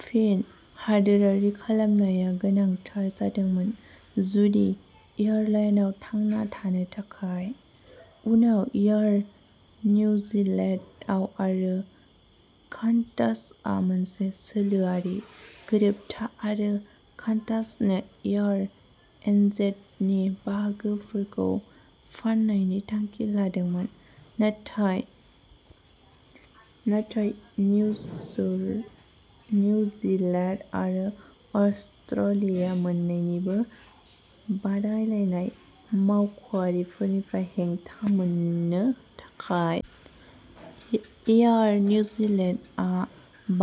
फिन हादोरारि खालामनाया गोनांथार जादोंमोन जुदि एयारलाइनआ थांना थानो थाखाय। उनाव एयार निउजिलेन्ड आरो कान्टासआ मोनसे सोलोआरि गोरोबथा आरो कान्टासनो एयार एनजेडनि बाहागोफोरखौ फान्नायनि थांखि लादोंमोन। नाथाय नाथाय निउजल निउजिलेन्ड आरो अस्ट्रेलिया मोन्नैनिबो बादायलायनाय मावख'आरिफोरनिफ्राय हेंथा मोननो थाखाय। एयार निउजिलेन्डआ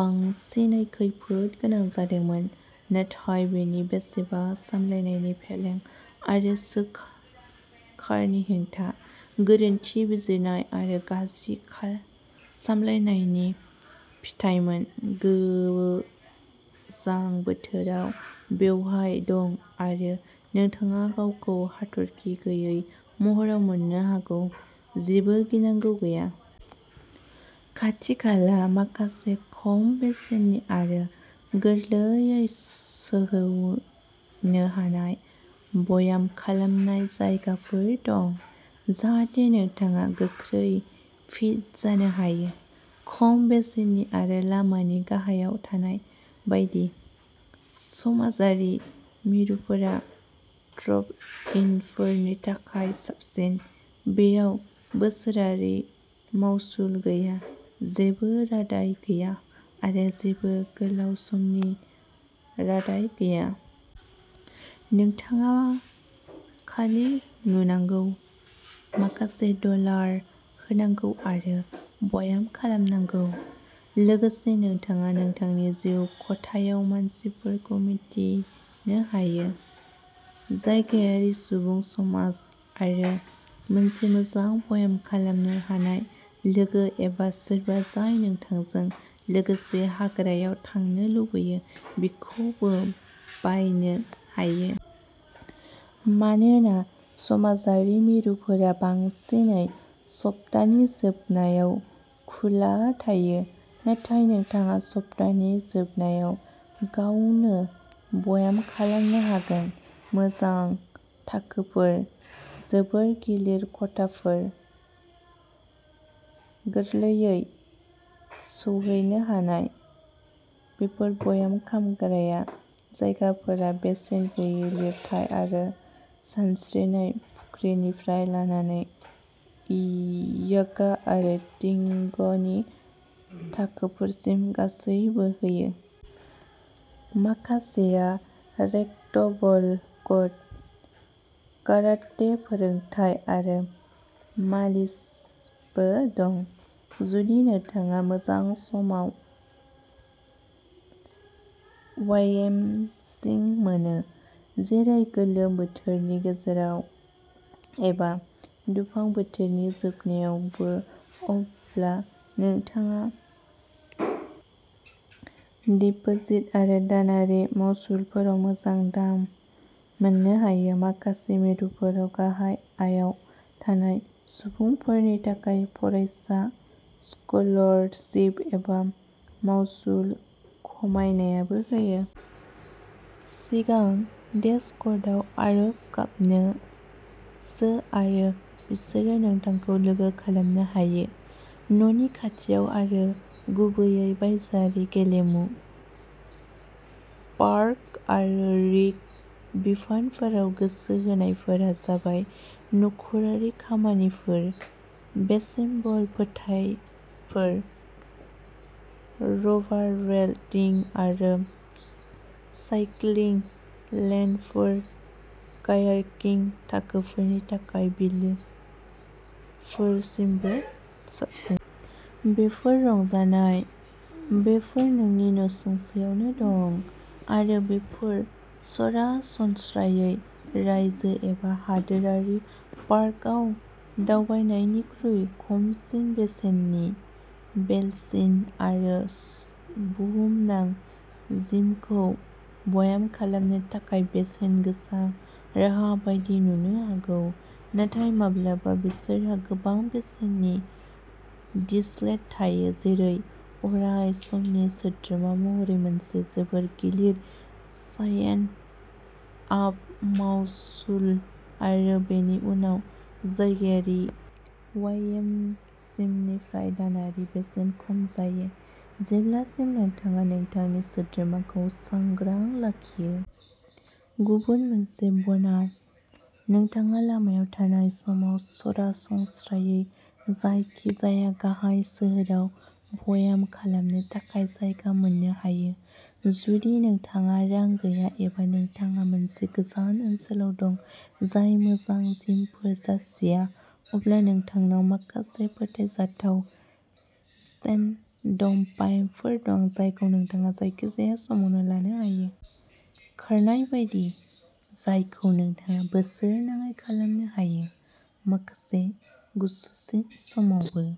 बांसिनै खैफोद गोनां जादोंमोन। नाथाय बेनि बेसेबां सामलायनायनि फेलें आरो सोरखारनि हेंथा, गोरोन्थि बिजिरनाय आरो गाज्रि सामलायनायनि फिथायमोन? गोजां बोथोराव बेवहाय दं आरो नोंथाङा गावखौ हाथरखि गैयै महराव मोननो हागौ। जेबो गिनांगौ गैया। खाथिखाला माखासे खम बेसेननि आरो गोरलैयै सौहैनो हानाय ब्याम खालामनाय जायगाफोर दं, जाहाथे नोंथाङा गोख्रै फिट जानो हायो। खम बेसेननि आरो लामानि गाहायाव थानाय बायदि, समाजारि मिरुफोरा ड्रप-इनफोरनि थाखाय साबसिन। बेयाव बोसोरारि मावसुल गैया, जेबो रादाय गैया आरो जेबो गोलाव समनि रादाय गैया। नोंथाङा खालि नुनांगौ, माखासे डलार होनांगौ आरो ब्याम खालामनांगौ। लोगोसे नोंथाङा नोंथांनि जिउ खथायाव मानसिफोरखौ मिन्थिनो हायो। जायगायारि सुबुं समाज आरो मोनसे मोजां ब्याम खालामनो हानाय लोगो एबा सोरबा जाय नोंथांजों लोगोसे हाग्रायाव थांनो लुबैयो, बिखौबो बायनो हायो। मानोना समाजारि मिरुफोरा बांसिनै सप्तानि जोबनायाव खुला थायो, नाथाय नोंथाङा सप्तानि जोबनायाव गावनो ब्याम खालामनो हागोन। मोजां थाखोफोर। जोबोद गिलिर खथाफोर। गोरलैयै सौहैनो हानाय। बेफोर ब्याम खालामग्रा जायगाफोरा बेसेन गैयै लिरथाय आरो सानस्रिनाय फुख्रिनिफ्राय लानानै यागा आरो टिंगनि थाखोफोरसिम गासैबो होयो। माखासेआ रेकटबल कर्ट, काराटे फोरोंथाय आरो मालिसबो दं। जुदि नोंथाङा मोजां समाव वाइएमसिम मोनो। जेरै गोलोम बोथोरनि गेजेराव एबा दुफां बोथोरनि जोबनायावबो अब्ला नोंथाङा डिपोजिट आरो दानारि मासुलफोराव मोजां दाम मोननो हायो। माखासे मिरुफोराव गाहाय आयाव थानाय सुबुंफोरनि थाखाय फरायसा स्कलारसिप एबा मासुल खमायनायबो होयो। सिगां डेस्कआव आर'ज गाबनो सों आरो बिसोरो नोंथांखौ लोगो खालामनो हायो। न'नि खाथियाव आरो गुबैयै बायजोआरि गेलेमु, पार्क आरो रिक बिफानफोराव गोसो होनायफोरा जाबाय नखरारि खामानिफोर, बेसबल फोथायफोर, रबारब्लेडिं आरो साइक्लिं लेनफोर, कायाकिं थाखोफोरनि थाखाय बिलोफोरसिमबो साबसिन। बेफोर रंजानाय, बेफोर नोंनि नसुंसेआवनो दं आरो बेफोर सरासनस्रायै रायजो एबा हादोरारि पार्कआव दावबायनायनिख्रुइ खमसिन बेसेननि। बेलिस आरो बुहुमनां जिमखौ ब्याम खालामनो थाखाय बेसेन गोसा राहा बायदि नुनो हागौ, नाथाय माब्लाबा बिसोरहा गोबां बेसेननि डील्स थायो, जेरै अरायसमनि सोद्रोमा महरै मोनसे जोबोद गिलिर साइन-आप मासुल आरो बेनि उनाव जायगायारि वाइएमसिएनिफ्राय दानारि बेसेन खम जायो, जेब्लासिम नोंथाङा नोंथांनि सोद्रोमाखौ सांग्रां लाखियो। गुबुन मोनसे ब'नास। नोंथाङा लामायाव थानाय समाव सरासनस्रायै जायखिजाया गाहाय सोहोराव ब्याम खालामनो थाखाय जायगा मोन्नो हायो। जुदि नोंथाङा रां गैया एबा नोंथाङा मोनसे गोजान ओनसोलाव दं जाय मोजां जिमफोर जासिया, अब्ला नोंथांनाव माखासे फोथायजाथाव स्टेन्डबायफोर दं जायखौ नोंथाङा जायखिजाया समावनो लानो हायो। खारनाय बायदि, जायखौ नोंथाङा बोसोरनाङै खालामनो हायो, माखासे गुसुसिन समावबो।